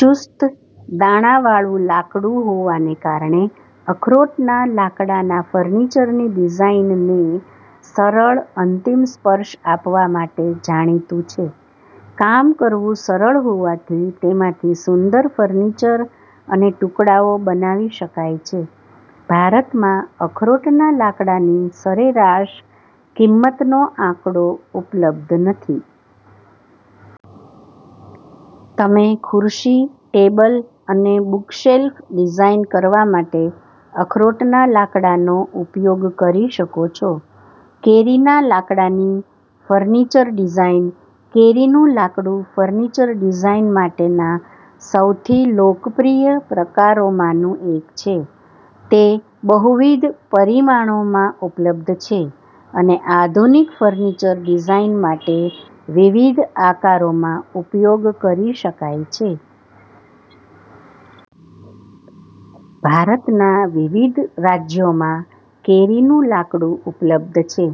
ચુસ્ત-દાણાવાળું લાકડું હોવાને કારણે, અખરોટના લાકડાના ફર્નિચરની ડિઝાઇનને સરળ અંતિમ સ્પર્શ આપવા માટે જાણીતું છે. કામ કરવું સરળ હોવાથી તેમાંથી સુંદર ફર્નિચર અને ટુકડાઓ બનાવી શકાય છે. ભારતમાં અખરોટના લાકડાની સરેરાશ કિંમત નો આંકડો ઉપલબ્ધ નથી. તમે ખુરશી, ટેબલ અને બુકશેલ્ફ ડિઝાઇન કરવા માટે અખરોટના લાકડાનો ઉપયોગ કરી શકો છો. કેરીના લાકડાની ફર્નિચર ડિઝાઇન. કેરીનું લાકડું ફર્નિચર ડિઝાઇન માટેના સૌથી લોકપ્રિય પ્રકારોમાંનું એક છે. તે બહુવિધ પરિમાણોમાં ઉપલબ્ધ છે અને આધુનિક ફર્નિચર ડિઝાઇન માટે વિવિધ આકારોમાં ઉપયોગ કરી શકાય છે. ભારતના વિવિધ રાજ્યોમાં કેરીનું લાકડું ઉપલબ્ધ છે.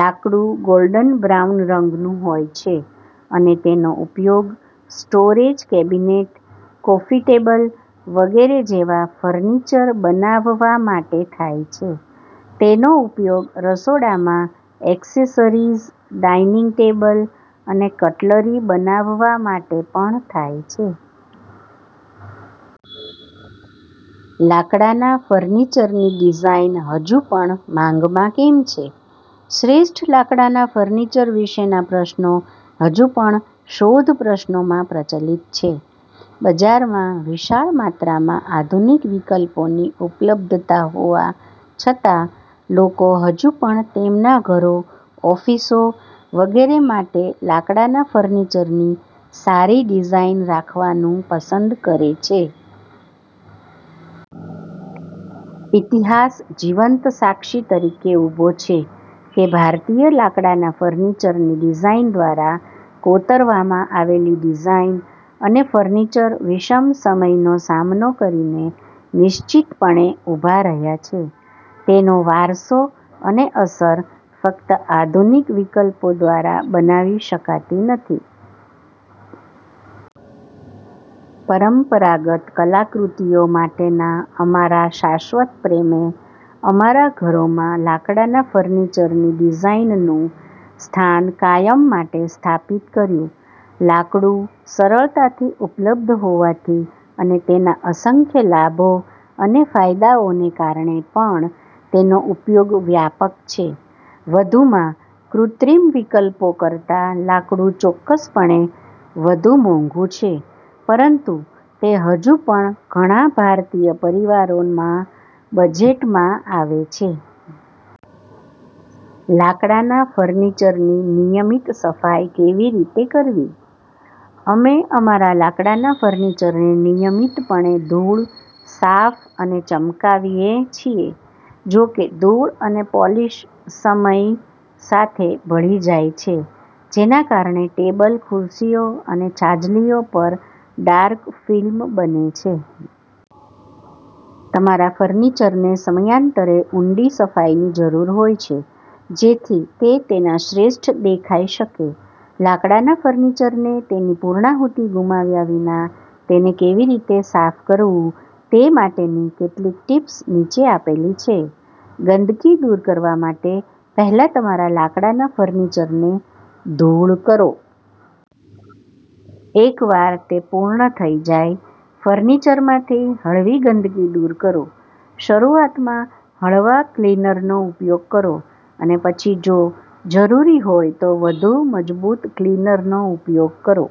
લાકડું ગોલ્ડન બ્રાઉન રંગનું હોય છે અને તેનો ઉપયોગ સ્ટોરેજ કેબિનેટ, કોફી ટેબલ વગેરે જેવા ફર્નિચર બનાવવા માટે થાય છે. તેનો ઉપયોગ રસોડામાં એક્સેસરીઝ, ડાઇનિંગ ટેબલ અને કટલરી બનાવવા માટે પણ થાય છે. લાકડાના ફર્નિચરની ડિઝાઇન હજુ પણ માંગમાં કેમ છે? શ્રેષ્ઠ લાકડાના ફર્નિચર વિશેના પ્રશ્નો હજુ પણ શોધ પ્રશ્નોમાં પ્રચલિત છે. બજારમાં વિશાળ માત્રામાં આધુનિક વિકલ્પોની ઉપલબ્ધતા હોવા છતાં, લોકો હજુ પણ તેમના ઘરો, ઓફિસો વગેરે માટે લાકડાના ફર્નિચરની સારી ડિઝાઇન રાખવાનું પસંદ કરે છે. ઈતિહાસ જીવંત સાક્ષી તરીકે ઊભો છે કે ભારતીય લાકડાના ફર્નિચરની ડિઝાઇન દ્વારા કોતરવામાં આવેલી ડિઝાઇન અને ફર્નિચર વિષમ સમયનો સામનો કરીને નિશ્ચિતપણે ઊભાં રહ્યાં છે. તેનો વારસો અને અસર ફક્ત આધુનિક વિકલ્પો દ્વારા બનાવી શકાતી નથી. પરંપરાગત કલાકૃતિઓ માટેના અમારા શાશ્વત પ્રેમે અમારા ઘરોમાં લાકડાના ફર્નિચરની ડિઝાઇનનું સ્થાન કાયમ માટે સ્થાપિત કર્યું. લાકડું સરળતાથી ઉપલબ્ધ હોવાથી અને તેના અસંખ્ય લાભો અને ફાયદાઓને કારણે પણ તેનો ઉપયોગ વ્યાપક છે. વધુમાં, કૃત્રિમ વિકલ્પો કરતાં લાકડું ચોક્કસપણે વધુ મોંઘું છે, પરંતુ તે હજુ પણ ઘણા ભારતીય પરિવારોના બજેટમાં આવે છે. લાકડાના ફર્નિચરની નિયમિત સફાઈ કેવી રીતે કરવી? અમે અમારા લાકડાના ફર્નિચરને નિયમિતપણે ધૂળ, સાફ અને ચમકાવીએ છીએ. જો કે, ધૂળ અને પોલિશ સમય સાથે ભળી જાય છે, જેના કારણે ટેબલ, ખુરશીઓ અને છાજલીઓ પર ડાર્ક ફિલ્મ બને છે. તમારા ફર્નિચરને સમયાંતરે ઊંડી સફાઈની જરૂર હોય છે જેથી તે તેના શ્રેષ્ઠ દેખાઈ શકે. લાકડાના ફર્નિચરને તેની પૂર્ણાહુતિ ગુમાવ્યા વિના તેને કેવી રીતે સાફ કરવું તે માટેની કેટલીક ટીપ્સ નીચે આપેલી છે. ગંદકી દૂર કરવા માટે પહેલા તમારા લાકડાના ફર્નિચરને ધૂળ કરો. એકવાર તે પૂર્ણ થઈ જાય, ફર્નિચરમાંથી હળવી ગંદકી દૂર કરો. શરૂઆતમાં હળવા ક્લીનરનો ઉપયોગ કરો અને પછી જો જરૂરી હોય તો વધુ મજબૂત ક્લીનરનો ઉપયોગ કરો.